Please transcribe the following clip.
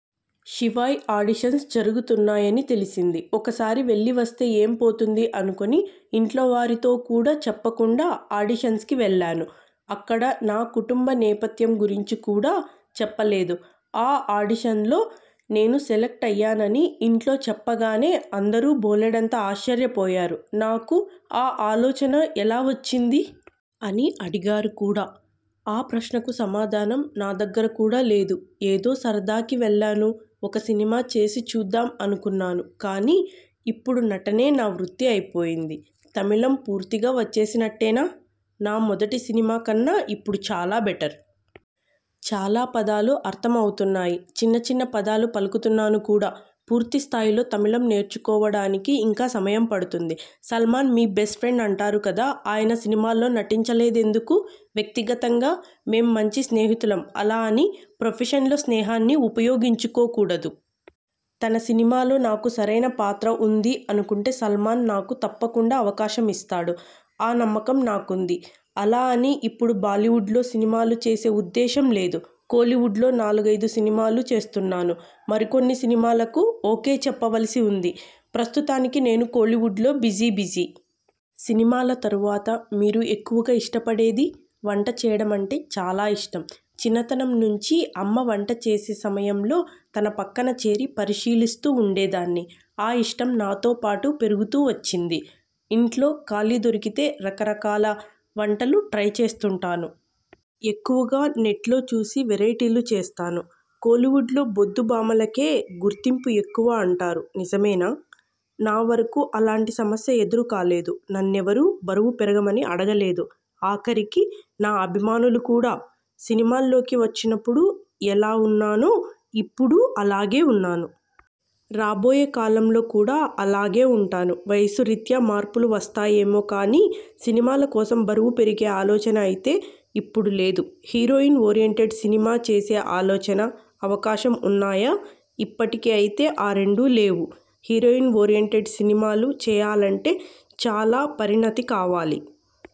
'Shivay' auditions జరుగుతున్నాయని తెలిసింది. ఒకసారి వెళ్ళి వస్తే ఏం పోతుంది అనుకుని ఇంట్లోవారితో కూడా చెప్పకుండా ఆడిషన్కి వెళ్ళాను. అక్కడ నా కుటుంబ నేపథ్యం గురించి కూడా చెప్పలేదు. ఆ ఆడిషన్లో నేను సెలక్ట్ అయ్యానని ఇంట్లో చెప్పగానే అందరూ బోలెడంత ఆశ్చర్యపోయారు. నాకు ఆ ఆలోచన ఎలా వచ్చింది? అని అడిగారు కూడా! ఆ ప్రశ్నకు సమాధానం నా దగ్గర కూడా లేదు. ఏదో సరదాకి వెళ్ళాను. ఒక సినిమా చేసి చూద్దాం అనుకున్నాను. కానీ ఇప్పుడు నటనే నా వృత్తి అయిపోయింది. తమిళం పూర్తిగా వచ్చేసినట్టేనా? నా మొదటి సినిమా కన్నా ఇప్పుడు చాలా బెటర్! చాలా పదాలు అర్థం అవుతున్నాయి. చిన్న చిన్న పదాలు పలుకుతున్నాను కూడా! పూర్తి స్థాయిలో తమిళం నేర్చుకోవడానికి ఇంకా సమయం పడుతుంది. సల్మాన్ మీ బెస్ట్ఫ్రెండ్ అంటారు కదా? ఆయన సినిమాల్లో నటించలేదెందుకు? వ్యక్తిగతంగా మేం మంచి స్నేహితులం. అలా అని ప్రొఫెషన్లో స్నేహాన్ని ఉపయోగించుకోకూడదు. తన సినిమాలో నాకు సరైన పాత్ర ఉంది అనుకుంటే సల్మాన్ నాకు తప్పకుండా అవకాశం ఇస్తారు. ఆ నమ్మకం నాకుంది. అలా అని ఇప్పుడు బాలీవుడ్లో సినిమాలు చేసే ఉద్దేశం లేదు. కోలీవుడ్లో నాలుగైదు సినిమాలు చేస్తున్నాను. మరికొన్ని సినిమాలకు ఓకే చెప్పవలసి ఉంది. ప్రస్తుతానికి నేను కోలీవుడ్లో బిజీ బిజీ! సినిమాల తరువాత మీరు ఎక్కువగా ఇష్టపడేది? వంట చేయడం అంటే చాలా ఇష్టం. చిన్నతనం నుంచీ అమ్మ వంట చేసే సమయంలో తన పక్కనచేరి పరిశీలిస్తూ ఉండేదాన్ని. ఆ ఇష్టం నాతో పాటు పెరుగుతూ వచ్చింది. ఇంట్లో ఖాళీ దొరికితే రకరకాల వంటలు ట్రై చేస్తుంటాను. ఎక్కువగా నెట్లో చూసి వెరైటీలు చేస్తాను. కోలీవుడ్లో బొద్దు భామలకే గుర్తింపు ఎక్కువ అంటారు, నిజమేనా? నా వరకూ అలాంటి సమస్య ఎదురు కాలేదు. నన్నెవరూ బరువు పెరగమని అడగలేదు. ఆఖరికి నా అభిమానులు కూడా! సినిమాల్లోకి వచ్చినప్పుడు ఎలా ఉన్నానో ఇప్పుడూ అలాగే ఉన్నాను. రాబోయే కాలంలో కూడా అలాగే ఉంటాను. వయస్సు రీత్యా మార్పులు వస్తాయేమో కానీ, సినిమాల కోసం బరువు పెరిగే ఆలోచన అయితే ఇప్పుడు లేదు. హీరోయిన్ ఓరియెంటెడ్ సినిమా చేసే ఆలోచన, అవకాశం ఉన్నాయా? ఇప్పటికి అయితే ఆ రెండూ లేవు. హీరోయిన్ ఓరియెంటెడ్ సినిమాలు చేయాలంటే చాలా పరిణతి కావాలి.